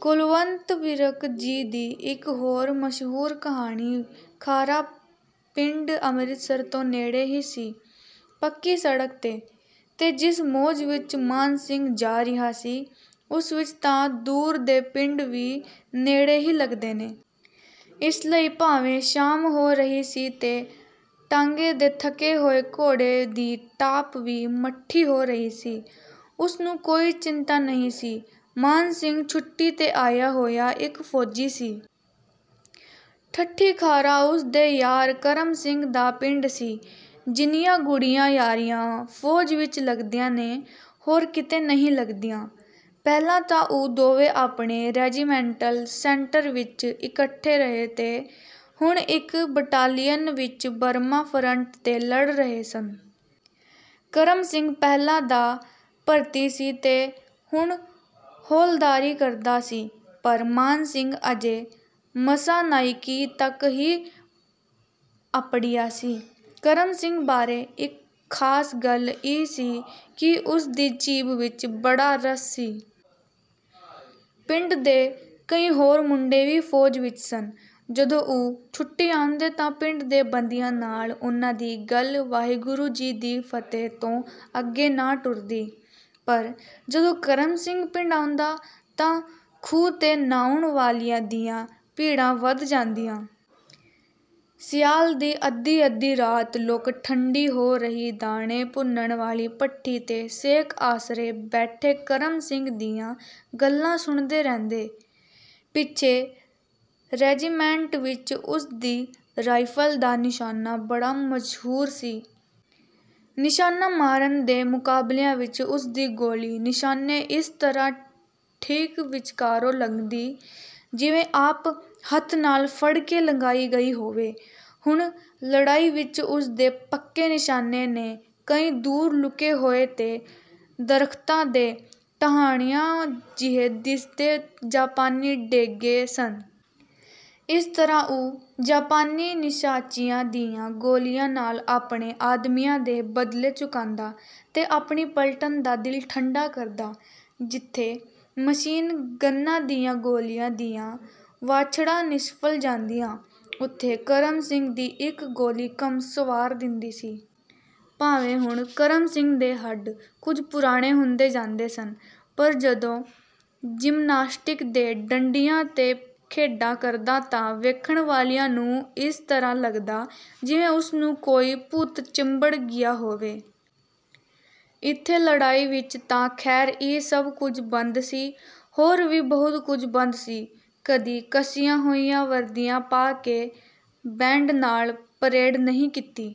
ਕੁਲਵੰਤ ਵਿਰਕ ਜੀ ਦੀ ਇੱਕ ਹੋਰ ਮਸ਼ਹੂਰ ਕਹਾਣੀ - ਖਾਰਾ ਪਿੰਡ ਅੰਮ੍ਰਿਤਸਰ ਤੋਂ ਨੇੜੇ ਹੀ ਸੀ, ਪੱਕੀ ਸੜਕ 'ਤੇ। ਤੇ ਜਿਸ ਮੌਜ ਵਿਚ ਮਾਨ ਸਿੰਘ ਜਾ ਰਿਹਾ ਸੀ, ਉਸ ਵਿਚ ਤਾਂ ਦੂਰ ਦੇ ਪਿੰਡ ਵੀ ਨੇੜੇ ਹੀ ਲੱਗਦੇ ਨੇ। ਇਸ ਲਈ ਭਾਵੇਂ ਸ਼ਾਮ ਹੋ ਰਹੀ ਸੀ ਤੇ ਟਾਂਗੇ ਦੇ ਥੱਕੇ ਹੋਏ ਘੋੜੇ ਦੀ ਟਾਪ ਵੀ ਮੱਠੀ ਹੋ ਰਹੀ ਸੀ, ਉਸ ਨੂੰ ਕੋਈ ਚਿੰਤਾ ਨਹੀਂ ਸੀ। ਮਾਨ ਸਿੰਘ ਛੁੱਟੀ 'ਤੇ ਆਇਆ ਹੋਇਆ ਇਕ ਫ਼ੌਜੀ ਸੀ। 'ਠੱਠੀ ਖਾਰਾ' ਉਸ ਦੇ ਯਾਰ ਕਰਮ ਸਿੰਘ ਦਾ ਪਿੰਡ ਸੀ। ਜਿੰਨੀਆਂ ਗੂੜ੍ਹੀਆਂ ਯਾਰੀਆਂ ਫ਼ੌਜ ਵਿਚ ਲੱਗਦੀਆਂ ਨੇ, ਹੋਰ ਕਿਤੇ ਨਹੀਂ ਲੱਗਦੀਆਂ। ਪਹਿਲਾਂ ਤਾਂ ਉਹ ਦੋਵੇਂ ਆਪਣੇ ਰੈਜੀਮੈਂਟਲ ਸੈਂਟਰ ਵਿਚ ਇਕੱਠੇ ਰਹੇ ਤੇ ਹੁਣ ਇਕ ਬਟਾਲੀਅਨ ਵਿਚ ਬਰਮਾ ਫਰੰਟ 'ਤੇ ਲੜ ਰਹੇ ਸਨ। ਕਰਮ ਸਿੰਘ ਪਹਿਲਾਂ ਦਾ ਭਰਤੀ ਸੀ ਤੇ ਹੁਣ ਹੌਲਦਾਰੀ ਕਰਦਾ ਸੀ ਪਰ ਮਾਨ ਸਿੰਘ ਅਜੇ ਮਸਾਂ ਨਾਇਕੀ ਤੱਕ ਹੀ ਅੱਪੜਿਆ ਸੀ। ਕਰਮ ਸਿੰਘ ਬਾਰੇ ਇਕ ਖ਼ਾਸ ਗੱਲ ਇਹ ਸੀ ਕਿ ਉਸ ਦੀ ਜੀਭ ਵਿਚ ਬੜਾ ਰਸ ਸੀ। ਪਿੰਡ ਦੇ ਕਈ ਹੋਰ ਮੁੰਡੇ ਵੀ ਫ਼ੌਜ ਵਿਚ ਸਨ। ਜਦੋਂ ਉਹ ਛੁੱਟੀ ਆਉਂਦੇ ਤਾਂ ਪਿੰਡ ਦੇ ਬੰਦਿਆਂ ਨਾਲ ਉਨ੍ਹਾਂ ਦੀ ਗੱਲ 'ਵਾਹਿਗੁਰੂ ਜੀ ਕੀ ਫ਼ਤਹਿ' ਤੋਂ ਅੱਗੇ ਨਾ ਟੁਰਦੀ, ਪਰ ਜਦੋਂ ਕਰਮ ਸਿੰਘ ਪਿੰਡ ਆਉਂਦਾ ਤਾਂ ਖੂਹ 'ਤੇ ਨ੍ਹਾਉਣ ਵਾਲਿਆਂ ਦੀਆਂ ਭੀੜਾਂ ਵੱਧ ਜਾਂਦੀਆਂ। ਸਿਆਲ ਦੀ ਅੱਧੀ-ਅੱਧੀ ਰਾਤ ਲੋਕ ਠੰਡੀ ਹੋ ਰਹੀ ਦਾਣੇ ਭੁੰਨਣ ਵਾਲੀ ਭੱਠੀ ਦੇ ਸੇਕ ਆਸਰੇ ਬੈਠੇ ਕਰਮ ਸਿੰਘ ਦੀਆਂ ਗੱਲਾਂ ਸੁਣਦੇ ਰਹਿੰਦੇ। ਪਿੱਛੇ ਰੈਜੀਮੈਂਟ ਵਿਚ ਉਸ ਦੀ ਰਾਈਫਲ ਦਾ ਨਿਸ਼ਾਨਾ ਬੜਾ ਮਸ਼ਹੂਰ ਸੀ। ਨਿਸ਼ਾਨਾ ਮਾਰਨ ਦੇ ਮੁਕਾਬਲਿਆਂ ਵਿਚ ਉਸ ਦੀ ਗੋਲੀ ਨਿਸ਼ਾਨੇ ਇਸ ਤਰ੍ਹਾਂ ਠੀਕ ਵਿਚਕਾਰੋਂ ਲੰਘਦੀ, ਜਿਵੇਂ ਆਪ ਹੱਥ ਨਾਲ ਫੜ ਕੇ ਲੰਘਾਈ ਗਈ ਹੋਵੇ। ਹੁਣ ਲੜਾਈ ਵਿਚ ਉਸ ਦੇ ਪੱਕੇ ਨਿਸ਼ਾਨੇ ਨੇ ਕਈ ਦੂਰ ਲੁਕੇ ਹੋਏ ਤੇ ਦਰਖ਼ਤਾਂ ਦੇ ਟਾਹਣੀਆਂ ਜਿਹੇ ਦਿਸਦੇ ਜਾਪਾਨੀ ਡੇਗੇ ਸਨ। ਇਸ ਤਰ੍ਹਾਂ ਉਹ ਜਾਪਾਨੀ ਨਿਸ਼ਾਨਚੀਆਂ ਦੀਆਂ ਗੋਲੀਆਂ ਨਾਲ ਆਪਣੇ ਆਦਮੀਆਂ ਦੇ ਬਦਲੇ ਚੁਕਾਂਦਾ ਤੇ ਆਪਣੀ ਪਲਟਨ ਦਾ ਦਿਲ ਠੰਢਾ ਕਰਦਾ। ਜਿੱਥੇ ਮਸ਼ੀਨ ਗੰਨਾਂ ਦੀਆਂ ਗੋਲੀਆਂ ਦੀਆਂ ਵਾਛੜਾਂ ਨਿਸਫਲ ਜਾਂਦੀਆਂ, ਉੱਥੇ ਕਰਮ ਸਿੰਘ ਦੀ ਇਕ ਗੋਲੀ ਕੰਮ ਸਵਾਰ ਦਿੰਦੀ ਸੀ। ਭਾਵੇਂ ਹੁਣ ਕਰਮ ਸਿੰਘ ਦੇ ਹੱਡ ਕੁਝ ਪੁਰਾਣੇ ਹੁੰਦੇ ਜਾਂਦੇ ਸਨ, ਪਰ ਜਦੋਂ ਜਿਮਨਾਸਟਿਕ ਦੇ ਡੰਡਿਆਂ 'ਤੇ ਖੇਡਾਂ ਕਰਦਾ ਤਾਂ ਵੇਖਣ ਵਾਲਿਆਂ ਨੂੰ ਇਸ ਤਰ੍ਹਾਂ ਲੱਗਦਾ, ਜਿਵੇਂ ਉਸ ਨੂੰ ਕੋਈ ਭੂਤ ਚੰਬੜ ਗਿਆ ਹੋਵੇ। ਇੱਥੇ ਲੜਾਈ ਵਿਚ ਤਾਂ ਖ਼ੈਰ ਇਹ ਸਭ ਕੁਝ ਬੰਦ ਸੀ। ਹੋਰ ਵੀ ਬਹੁਤ ਕੁਝ ਬੰਦ ਸੀ। ਕਦੀ ਕੱਸੀਆਂ ਹੋਈਆਂ ਵਰਦੀਆਂ ਪਾ ਕੇ ਬੈਂਡ ਨਾਲ ਪਰੇਡ ਨਹੀਂ ਕੀਤੀ।